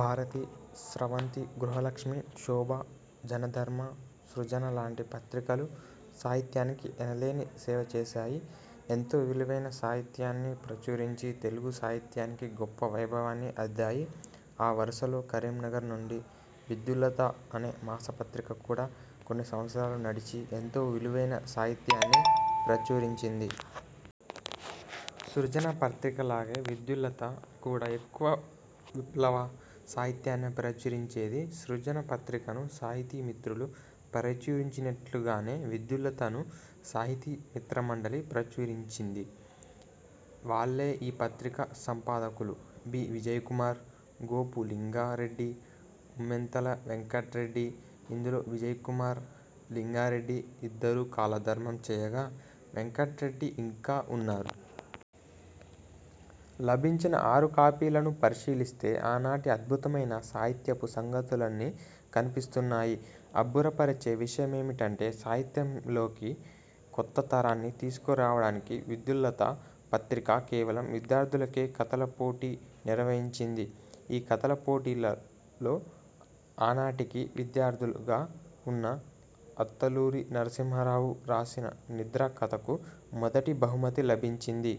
భారతి, స్రవంతి, గృహలక్ష్మి, శోభ, జనధర్మ, సృజన లాంటి పత్రికలు సాహిత్యానికి ఎనలేని సేవచేశాయి. ఎంతో విలువైన సాహిత్యాన్ని ప్రచురించి తెలుగు సాహిత్యానికి గొప్ప వైభవాన్ని అద్దాయి. ఆ వరుసలో కరీంనగర్ నుండి 'విద్యుల్లత' అనే మాస పత్రిక కూడా కొన్ని సంవత్సరాలు నడిచి ఎంతో విలువైన సాహిత్యాన్ని ప్రచురించింది. సృజన పత్రికలాగే విద్యుల్లత కూడా ఎక్కువగా విప్లవ సాహిత్యాన్నే ప్రచురించేది. సృజన పత్రికను 'సాహితీ మిత్రులు' ప్రచురించినట్లుగానే విద్యుల్లతను 'సాహితీ మిత్ర మండలి' ప్రచురిం చింది. వాళ్లే ఈ పత్రిక సంపాదకులు బి. విజయకుమార్, గోపు లింగా రెడ్డి, ఉమ్మెంతల వెంకట్రెడ్డి. ఇందులో విజయకుమార్, లింగా రెడ్డి ఇద్దరూ కాలధర్మం చేయగా, వెంకట్రెడ్డి ఇంకా ఉన్నారు. లభించిన ఆరు కాపీలను పరిశీలిస్తే ఆనాటి అద్భుతమైన సాహిత్యపు సంగతులన్నీ కనిపిస్తున్నాయి. అబ్బుర పరిచే విషయమేంటంటే సాహిత్యంలోకి కొత్త తరాన్ని తీసుకు రావడానికి విద్యుల్లత పత్రిక కేవలం విద్యార్థులకే కథల పోటీ నిర్వహించింది. ఈ కథల పోటీలో ఆనాటికి విద్యార్థిగా ఉన్న అత్తలూరి నరసింహారావు రాసిన 'నిద్ర' కథకు మొదటి బహుమతి లభించింది.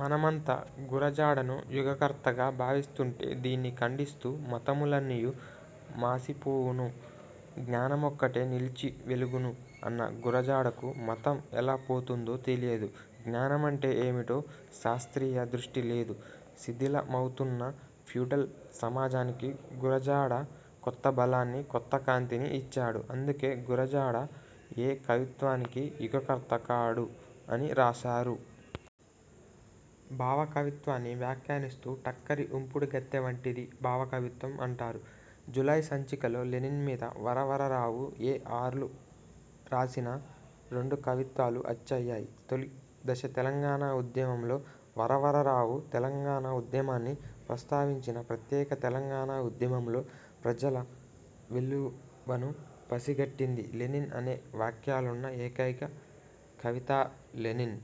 మనమంతా గురజాడను యుగకర్తగా భావిస్తుంటే దీన్ని ఖండిస్తూ మతములన్నియు మాసిపోవును, జ్ఞానమొక్కటె నిలిచి వెలుగును అన్న గురజాడకు మతం ఎలా పోతుందో తెలియదు. జ్ఞానమంటే ఏమిటో శాస్త్రీయ దృష్టి లేదు. శిథిల మవుతున్న ఫ్యూడల్ సమాజానికి గురజాడ కొత్తబలాన్ని, కొత్త కాంతిని ఇచ్చాడు. అందుకే గురజాడ ఏ కవిత్వానికి యుగకర్త కాడు అని రాశారు. భావ కవిత్వాన్ని వ్యాఖ్యానిస్తూ టక్కరి ఉంపుడు గత్తె వంటిది భావకవిత్వం అంటారు. జూలై సంచిక లో లెనిన్ మీద వరవరరావు, ఏ ఆర్లు రాసిన రెండు కవితలు అచ్చయ్యాయి. తొలి దశ తెలంగాణ ఉద్యమంలో వరవర రావు తెలంగాణ ఉద్యమాన్ని ప్రస్తావించిన ప్రత్యేక తెలంగాణ ఉద్యమంలో ప్రజా వెల్లువను పసిగట్టింది లెనిన్ అనే వాక్యాలున్న ఏకైక కవిత 'లెనిన్.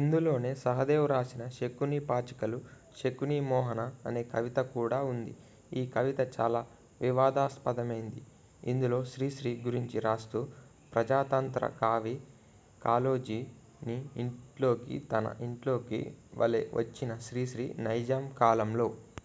ఇందులోనే సహదేవ్ రాసిన శకుని పాచికలు శకుని మొహాన అనే కవిత కూడా ఉంది. ఈ కవిత చాలా వివాదాస్పదమైంది. ఇందులో శ్రీశ్రీ గురించి రాస్తూ ప్రజా తంత్ర కవి కాళోజీ, నీ ఇంట్లోకి తన ఇంట్లోకి వలె వచ్చిన శ్రీశ్రీ నైజాం కాలంలో